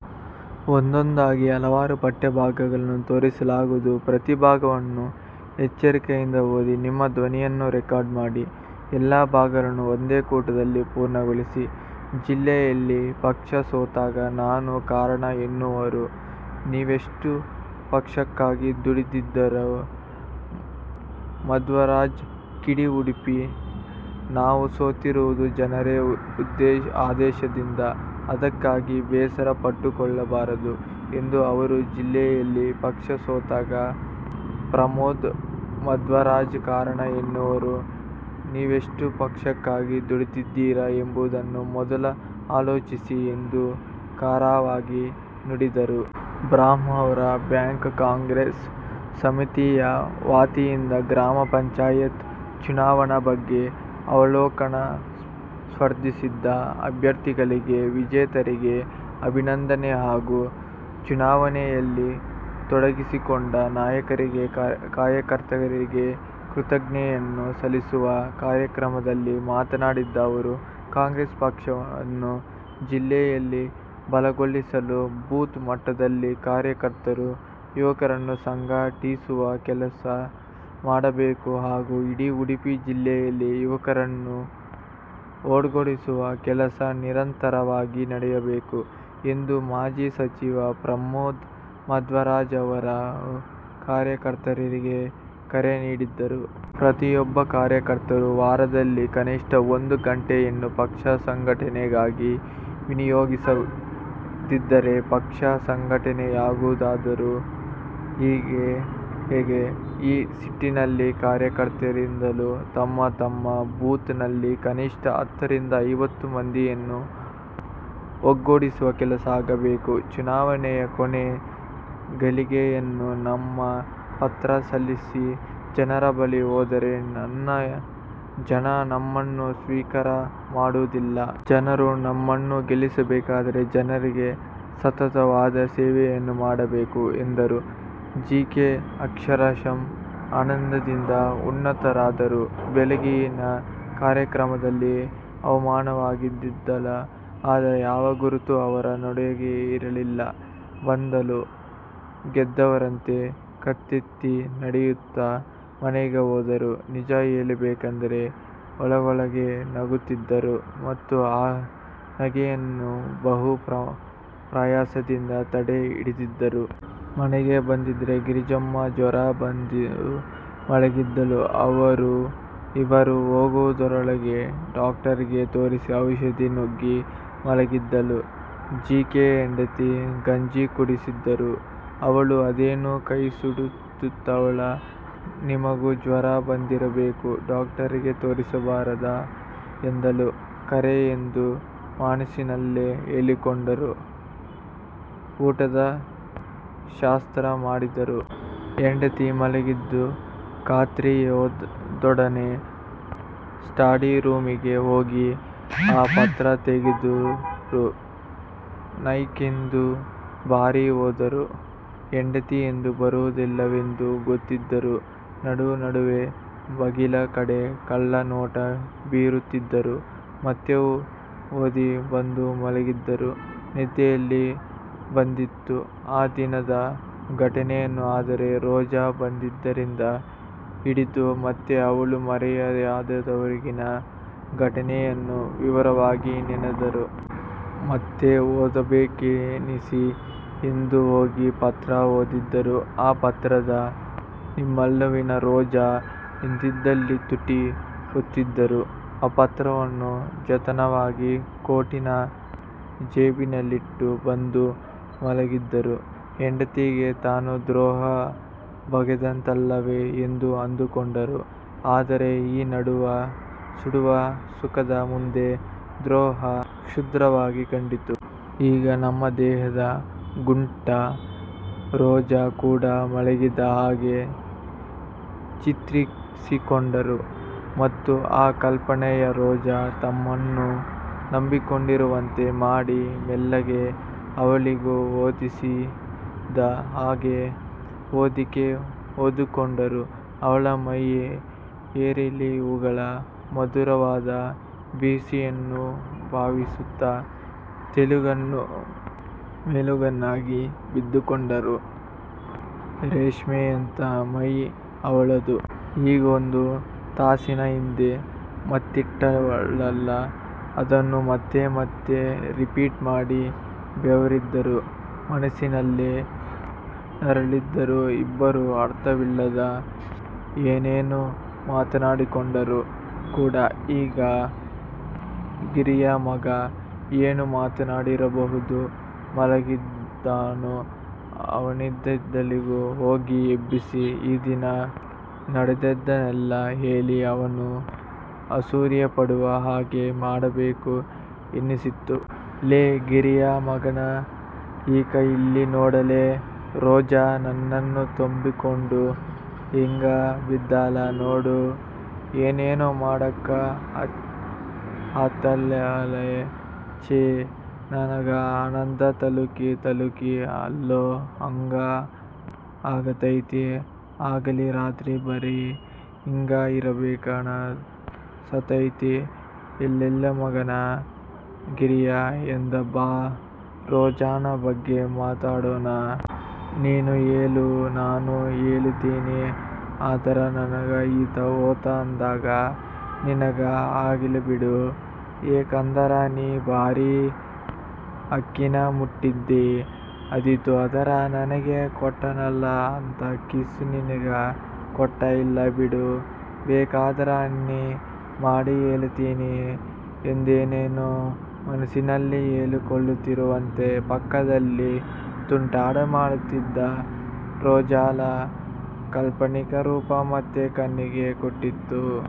ಜಿಲ್ಲೆಯಲ್ಲಿ ಪಕ್ಷ ಸೋತಾಗ ನಾನು ಕಾರಣ ಎನ್ನುವವರು ನೀವೆಷ್ಟು ಪಕ್ಷಕ್ಕಾಗಿ ದುಡಿದಿದ್ದೀರಾ? ಮಧ್ವರಾಜ್ ಕಿಡಿ ಉಡುಪಿ: ನಾವು ಸೋತಿರುವುದು ಜನರ ಆದೇಶದಿಂದ ಅದಕ್ಕಾಗಿ ಬೇಸರ ಪಟ್ಟುಕೊಳ್ಳುಬಾರದು ಎಂದ ಅವರು, ಜಿಲ್ಲೆಯಲ್ಲಿ ಪಕ್ಷ ಸೋತಾಗ ಪ್ರಮೋದ್ ಮಧ್ವರಾಜ್ ಕಾರಣ ಎನ್ನುವವರು ನೀವೆಷ್ಟು ಪಕ್ಷಕ್ಕಾಗಿ ದುಡಿದಿದ್ದೀರಾ ಎಂಬುದನ್ನು ಮೊದಲು ಆಲೋಚಿಸಿ ಎಂದು ಖಾರವಾಗಿ ನುಡಿದರು. ಬ್ರಹ್ಮಾವರ ಬ್ಲಾಕ್ ಕಾಂಗ್ರೆಸ್ ಸಮಿತಿಯ ವತಿಯಿಂದ ಗ್ರಾಮ ಪಂಚಾಯತ್ ಚುನಾವಣಾ ಬಗ್ಗೆ ಅವಲೋಕನ, ಸ್ಪರ್ಧಿಸಿದ ಅಭ್ಯರ್ಥಿಗಳಿಗೆ, ವಿಜೇತರಿಗೆ ಅಭಿನಂದನೆ ಹಾಗೂ ಚುನಾನಣೆಯಲ್ಲಿ ತೊಡಗಿಸಿಕೊಂಡ ನಾಯಕರಿಗೆ, ಕಾರ್ಯಕರ್ತರಿಗೆ ಕೃತಜ್ಞತೆಯನ್ನ ಸಲ್ಲಿಸುವ ಕಾರ್ಯಕ್ರಮದಲ್ಲಿ ಮಾತನಾಡಿದ ಅವರು, ಕಾಂಗ್ರೆಸ್ ಪಕ್ಷವನ್ನು ಜಿಲ್ಲೆಯಲ್ಲಿ ಬಲಗೊಳಿಸಲು ಬೂತ್ ಮಟ್ಟದಲ್ಲಿ ಕಾರ್ಯಕರ್ತರು ಯುವಕರನ್ನು ಸಂಘ ಟಿಸುವ ಕೆಲಸ ಮಾಡಬೇಕು ಹಾಗೂ ಇಡೀ ಉಡುಪಿ ಜಿಲ್ಲೆಯಲ್ಲಿ ಯುವಕರನ್ನು ಒಗ್ಗೂಡಿಸುವ ಕೆಲಸ ನಿರಂತರ ವಾಗಿ ನಡೆಯಬೇಕು ಎಂದು ಮಾಜಿ ಸಚಿವ ಪ್ರಮೋದ್ ಮಧ್ವರಾಜ್ ಅವರು ಕಾರ್ಯಕರ್ತರಿಗೆ ಕರೆ ನೀಡಿದರು. ಪ್ರತಿಯೊಬ್ಬ ಕಾರ್ಯಕರ್ತರು ವಾರದಲ್ಲಿ ಕನಿಷ್ಟ ಒಂದು ಗಂಟೆಯನ್ನು ಪಕ್ಷ ಸಂಘಟನೆಗಾಗಿ ವಿನಿಯೋಗಿಸದಿದ್ದರೆ ಪಕ್ಷ ಸಂಘಟನೆಯಾಗುವುದಾದರೂ ಹೇಗೆ. ಈ ನಿಟ್ಟಿನಲ್ಲಿ ಕಾರ್ಯಕರ್ತರಿಂದಲೂ ತಮ್ಮ ತಮ್ಮ ಬೂತ್ ನಲ್ಲಿ ಕನಿಷ್ಟ ಹತ್ತರಿಂದ ಐವತ್ತು ಮಂದಿಯನ್ನು ಒಗ್ಗೂಡಿಸುವ ಕೆಲಸ ಆಗಬೇಕು. ಚುನಾವಣೆಯ ಕೊನೇ ಗಳಿಗೆಯಲ್ಲಿ ನಾಮ ಪತ್ರ ಸಲ್ಲಿಸಿ ಜನರ ಬಳಿ ಹೋದರೆ ಜನ ನಮ್ಮನ್ನು ಸ್ವೀಕಾರ ಮಾಡುವುದಿಲ್ಲ. ಜನರು ನಮ್ಮನ್ನು ಗೆಲ್ಲಿಸಬೇಕಾದರೆ ಜನರಿಗೆ ಸತತವಾದ ಸೇವೆಯನ್ನು ಮಾಡಬೇಕು ಎಂದರು. ಜೀಕೆ ಅಕ್ಷರಶಃ ಆನಂದಿಂದ ಉನ್ಮತ್ತರಾದರು. ಬೆಳಗಿನ ಕಾರ್ಯಕ್ರಮದಲ್ಲಿ ಅವಮಾನವಾಗಿತ್ತಲ್ಲ ಅದರ ಯಾವ ಗುರುತೂ ಅವರ ನಡಿಗೆಯಲ್ಲಿರಲಿಲ್ಲ. ಬದುಲು ಗೆದ್ದವರಂತೆ ಕತ್ತೆತ್ತಿ ನಡೆಯುತ್ತ ಮನೆಗೆ ಹೋದರು. ನಿಜ ಹೇಳಬೇಕೆಂದರೆ ಒಳಗೊಳಗೇ ನಗುತ್ತಿದ್ದರು. ಮತ್ತು ಆ ನಗೆಯನ್ನು ಬಹು ಪ್ರಯಾಸದಿಂದ ತಡೆ ಹಿಡಿದಿದ್ದರು. ಮನೆಗೆ ಬಂದರೆ ಗಿರಿಜಮ್ಮ ಜ್ವರ ಬಂದು ಮಲಗಿದ್ದಳು. ಇವರು ಹೋಗುವುದರೊಳಗೆ ಡಾಕ್ಟರ್ಗೆ ತೋರಿಸಿ ಔಷಧಿ ನುಂಗಿ ಮಲಗಿದ್ದಳು. ಜೀಕೆ ಹೆಂಡತಿಗೆ ಗಂಜಿ ಕುಡಿಸಿದರು. ಅವಳು 'ಅದೇನು ಕೈಸುಡುತ್ತಾವಲ್ಲ, ನಿಮಗೂ ಜ್ವರ ಬಂದಿರಬೇಕು. ಡಾಕ್ಟರಿಗೆ ತೋರಿಸಬಾರದ? ' ಎಂದಳು. 'ಖರೆ' ಎಂದು ಮನಸ್ಸಿನಲ್ಲೆ ಹೇಳಿಕೊಂಡರು. ಊಟದ ಶಾಸ್ತ್ರ ಮಾಡಿದರು. ಹೆಂಡತಿ ಮಲಗಿದ್ದು ಖಾತ್ರಿಯಾದೊಡನೆ ಸ್ಟಡಿ ರೂಮಿಗೆ ಹೋಗಿ ಆ ಪತ್ರ ತೆಗೆದರು. ನಾಕೈದು ಬಾರಿ ಓದಿದರು. ಹೆಂಡತಿ ಎದ್ದು ಬರುವುದಿಲ್ಲವೆಂದು ಗೊತ್ತಿದ್ದರೂ ನಡುನಡುವೆ ಬಾಗಿಲ ಕಡೆ ಕಳ್ಳ ನೋಟ ಬೀರುತ್ತಿದ್ದರು. ಮತ್ತೆ ಓದಿ ಬಂದು ಮಲಗಿದರು. ನಿದ್ದೆಯಲ್ಲಿ ಬಂದೀತು? ಆ ದಿನದ ಘಟನೆಯನ್ನು ಅಂದರೆ ರೋಜಾ ಬಂದಿದ್ದರಿಂದ ಹಿಡಿದು ಮತ್ತೆ ಅವಳು ಮರೆಯಾದವರೆಗಿನ ಘಟನೆಯನ್ನು ವಿವರವಾಗಿ ನೆನೆದರು. ಮತ್ತೆ ಓದಬೇಕೆನಿಸಿ ಎದ್ದು ಹೋಗಿ ಪತ್ರ ಓದಿದರು. ಆ ಪತ್ರದ 'ನಿಮ್ಮೊಲವಿನ ರೋಜಾ' ಎಂದಿದ್ದಲ್ಲಿ ತುಟಿ ಒತ್ತಿದರು. ಪತ್ರವನ್ನು ಜತನವಾಗಿ ಕೋಟಿನ ಜೇಬಿನಲ್ಲಿಟ್ಟು ಬಂದು ಮಲಗಿದರು. ಹೆಂಡತಿಗೆ ತಾನು ದ್ರೋಹ ಬಗೆದಂತಲ್ಲವೇ ಎಂದು ಅಂದುಕೊಂಡರು. ಆದರೆ ಈ ಸುಡುವ ಸುಖದ ಮುಂದೆ ದ್ರೋಹ ಕ್ಷುದ್ರವಾಗಿ ಕಂಡಿತು. ಈಗ ತಮ್ಮ ದೇಹದ ಗುಂಟ ರೋಜಾ ಕೂಡ ಮಲಗಿದ ಹಾಗೆ ಚಿತ್ರಿಸಿಕೊಂಡರು. ಮತ್ತು ಆ ಕಲ್ಪನೆಯ ರೋಜಾ ತಮ್ಮನ್ನು ತಬ್ಬಿಕೊಂಡಿರುವಂತೆ ಮಾಡಿ ಮೆಲ್ಲಗೆ ಅವಳಿಗೂ ಹೊದಿಸಿದ ಹಾಗೆ ಹೊದಿಕೆ ಹೊದ್ದುಕೊಂಡರು. ಅವಳ ಮೈಯ ಏರಿಳಿವುಗಳ ಮಧುರವಾದ ಬಿಸಿಯನ್ನನುಭವಿಸುತ್ತ ತೇಲುಗಣ್ಣು ಮೇಲುಗಣ್ಣಾಗಿ ಬಿದ್ದುಕೊಂಡರು. ರೇಷ್ಮೆಯಂಥ ಮೈ ಅವಳದು. ಈಗೊಂದು ತಾಸಿನ ಹಿಂದೆ ಮುತ್ತಿಟ್ಟಳಲ್ಲ ಅದನ್ನು ಮತ್ತೆ ಮತ್ತೆ ರಿಪೀಟ್ ಮಾಡಿ ಬೆವರಿದರು. ಮನಸ್ಸಿನಲ್ಲೇ ನರಳಿದರು. ಇಬ್ಬರೂ ಅರ್ಥವಿಲ್ಲದ ಏನೇನೋ ಮಾತಾಡಿಕೊಂಡರು ಕೂಡ. ಈಗ ಗಿರ್ಯಾ ಮಗ ಏನು ಮಾಡುತ್ತಿರಬಹುದು? ಮಲಗಿದ್ದಾನೋ ಅವನಿದ್ದಲ್ಲಿಗೆ ಹೋಗಿ ಎಬ್ಬಿಸಿ, ಈ ದಿನ ನಡೆದದ್ದನ್ನೆಲ್ಲ ಹೇಳಿ ಅವನು ಅಸೂಯೆಪಡುವ ಹಾಗೆ ಮಾಡಬೇಕು ಎನ್ನಿಸಿತು. 'ಲೇ ಗಿರ್ಯಾ ಮಗನ, ಇಕಾ ಇಲ್ಲಿ ನೋಡಲೆ; ರೋಜಾ ನನ್ನನ್ನು ತಬ್ಬಿಕೊಂಡು ಹೆಂಗ ಬಿದ್ದಾಳ ನೋಡು. ಏನೇನೋ ಮಾಡಕ ಹತ್ಯಾಳಲೇ! ಛೇ, ನನಗ ಆನಂದ ತುಳುಕಿ ತುಳುಕಿ ಅಳೋ ಹಾಂಗ ಆಗತೈತಿ, ಹಗಲಿ ರಾತ್ರಿ ಬರಿ ಹಿಂಗ ಇರಬೇಕನಸತೈತಿ. ಏಳಲೇಮಗನ ಗಿರ್ಯಾ, ಎದ್ದ ಬಾ, ರೋಜಾನ ಬಗ್ಗೆ ಮಾತಾಡೋಣ. ನೀನೂ ಹೇಳು ನಾನೂ ಹೇಳತೀನಿ. ಆದರ ನನಗ ಈ ಹೊತ್ತ ಅಧಾಂಗ ನಿನಗ ಆಗಿಲ್ಲಬಿಡು. ಯಾಕಂದರ ನೀ ಬರೀ ಆಕೀನ್ನ ಮುಟ್ಟಿದ್ದೀ ಆದೀತು, ಆದರ ನನಗೆ ಕೊಟ್ಟಳಲ್ಲ ಅಂಥ ಕಿಸ್ ನಿನಗ ಕೊಟ್ಟ ಇಲ್ಲ ಬಿಡು. ಬೇಕಾದರ ಆಣೀ ಮಾಡಿ ಹೇಳತೀನಿ. ' ಎಂದೇನೇನೋ ಮನಸ್ಸಿನಲ್ಲಿ ಹೇಳಿಕೊಳ್ಳುತ್ತಿರುವಂತೆ ಪಕ್ಕದಲ್ಲಿ ತುಂಟಾಟ ಮಾಡುತ್ತಿದ್ದ ರೋಜಾಳ ಕಾಲ್ಪನಿಕ ರೂಪ ಮತ್ತೆ ಕಣ್ಣಿಗೆ ಕಟ್ಟಿತು.